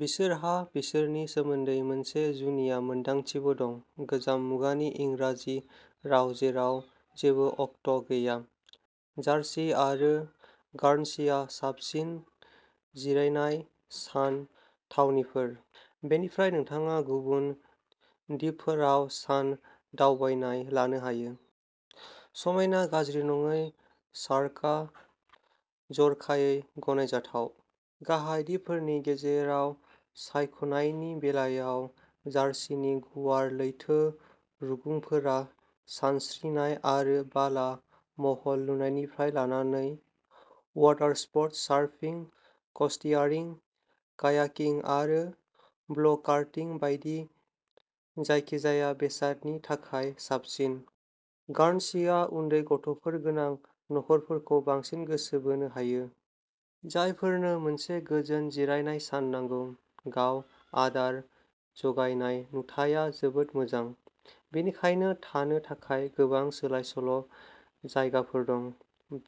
बिसोरहा बिसोरनि सोमोन्दै मोनसे जुनिया मोनदांथिबो दं। गोजाम मुगानि इंराजि राव जेराव जेबो अक्ट' गैया। जारसि आरो गार्नसीआ साबसिन जिरायनाय सान थावनिफोर। बेनिफ्राय नोंथाङा गुबुन दिपफोराव सान दावबायनाय लानो हायो। समायना, गाज्रि नङै सार्कआ जर'खायै गनायजाथाव। गाहाय दिपफोरनि गेजेराव सायख'नायनि बेलायाव जारसिनि गुवार लैथो रुगुंफोरा सानस्रिनाय आरो बाला महल लुनायनिफ्राय लानानै वाटारस्प'र्ट सारफिं, क'स्टियारिं, कायाकिं आरो ब्ल'कारटिं बायदि जायखिजाया बेसादनि थाखाय साबसिन। गार्नसीआ उन्दै गथ'फोर गोनां नखरफोरखौ बांसिन गोसो बोनो हायो। जायफोरनो मोनसे गोजोन जिरायनाय सान नांगौ। गाव आदार जगायनाय नुथाया जोबोद मोजां। बेनिखायनो थानो थाखाय गोबां सोलाय-सोल' जायगाफोर दं।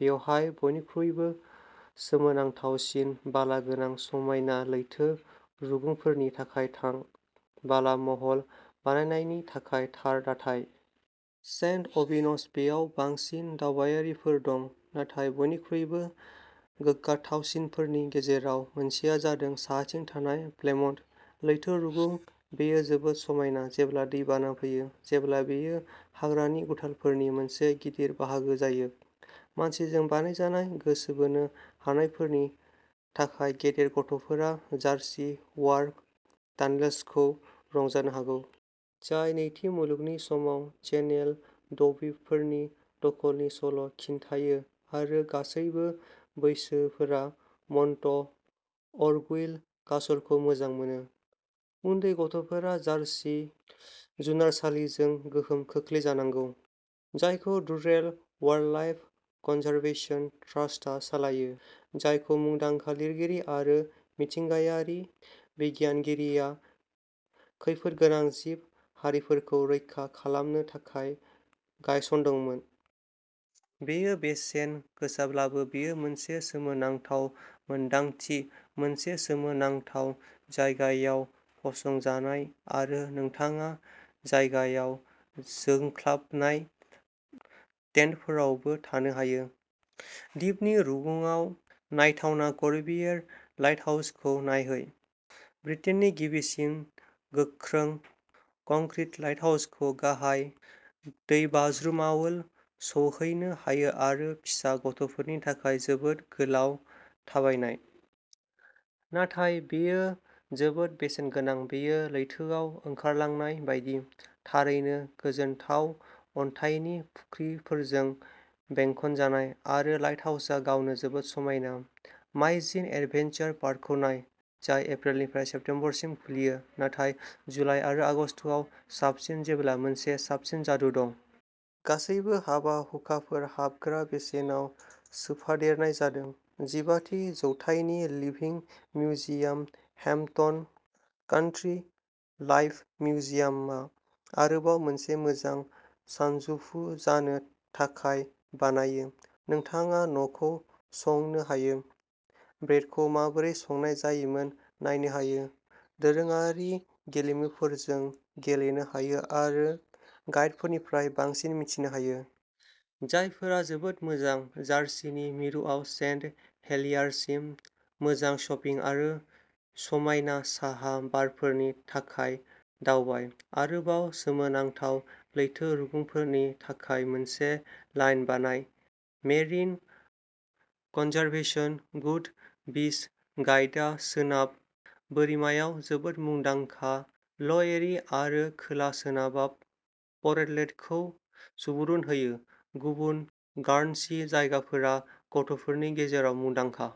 बेवहाय बयनिख्रुइबो सोमोनांथावसिन बाला गोनां समायना लैथो रुगुंफोरनि थाखाय थां बाला महल बानायनायनि थाखाय थार दाथाय। सेन्ट अबिन'स बेआव बांसिन दावबायारिफोर दं। नाथाय बयनिख्रुइबो गोग्गाथावसिनफोरनि गेजेराव मोनसेआ जादों साहाथिं थानाय प्लेमन्ट। लैथो रुगुं बेयो जोबोद समायना जेब्ला दैबाना फैयो। जेब्ला बेयो हाग्रानि गुथालफोरनि मोनसे गिदिर बाहागो जायो। मानसिजों बानायजानाय गोसो बोनो हानायफोरनि थाखाय गेदेर गथ'फोरा जारसि वार टानेल्सखौ रंजानो हागौ। जाय नैथि मुलुगनि समाव चेनेल दविपफोरनि दखलनि सल' खिन्थायो आरो गासैबो बैसोफोरा मन्ट अरगुइल कासलखौ मोजां मोनो। उन्दै गथ'फोरा जारसि जुनारसालिजों गोहोम खोख्लैजानांगौ। जायखौ डुरेल वाइल्डलाइफ कनजारभेशन ट्रास्टआ सालायो। जायखौ मुंदांखा लिरगिरि आरो मिथिंगायारि बिगियानगिरिया खैफोदगोनां जिब हारिफोरखौ रैखा खालामनो थाखाय गायसनदोंमोन। बेयो बेसेन गोसाब्लाबो बेयो मोनसे सोमोनांथाव मोनदांथि मोनसे सोमोनांथाव जायगायाव फसंजानाय आरो नोंथाङा जायगायाव जोंख्लाबनाय टेन्टफोरावबो थानो हायो। दिपनि रुगुंआव नायथावना कर्बिएर लाइटहाउसखौ नायहै। ब्रिटेननि गिबिसिन गोख्रों कंक्रिट लाइटहाउसखौ गाहाय दैबाज्रुमावल' सौहैनो हायो आरो फिसा गथ'फोरनि थाखाय जोबोद गोलाव थाबायनाय। नाथाय बेयो जोबोद बेसेनगोनां बेयो लैथोआव ओंखारलांनाय बायदि, थारैनो गोजोनथाव अन्थाइनि फुख्रिफोरजों बेंखनजानाय आरो लाइटहाउसा गावनो जोबोद समायना। माइजिन एडभेन्सार पार्कखौ नाय। जाय एप्रिलनिफ्राय सेप्तेम्बरसिम खुलियो। नाथाय जुलाइ आरो आगस्तआव साबसिन जेब्ला मोनसे साबसिन जादु दं। गासैबो हाबा हुखाफोर हाबग्रा बेसेनाव सोफादेरनाय जादों। जिबाथि जौथाइनि living museum Hampton country life मिउजियामा आरोबाव मोनसे मोजां सानजौफु जानो थाखाय बानायो। नोंथाङा न'खौ संनो हायो। ब्रेडखौ माबोरै संनाय जायोमोन नायनो हायो। दोरोङारि गेलेमुफोरजों गेलेनो हायो आरो गाइडफोरनिफ्राय बांसिन मिथिनो हायो। जायफोरा जोबोद मोजां। जारसिनि मिरुआव सेन्ट हेलियारसिम मोजां शपिं आरो समायना साहा बारफोरनि थाखाय दावबाय। आरोबाव सोमोनांथाव लैथो रुगुंफोरनि थाखाय मोनसे लाइन बानाय। मेरिन कनजारभेशन गुड बीच गाइडआ सोनाब बोरिमायाव जोबोद मुंदांखा ल'एरि आरो खोला-सोनाबाव परटलेटखौ सुबुरुन होयो। गुबुन गार्नसी जायगाफोरा गथ'फोरनि गेजेराव मुंदांखा।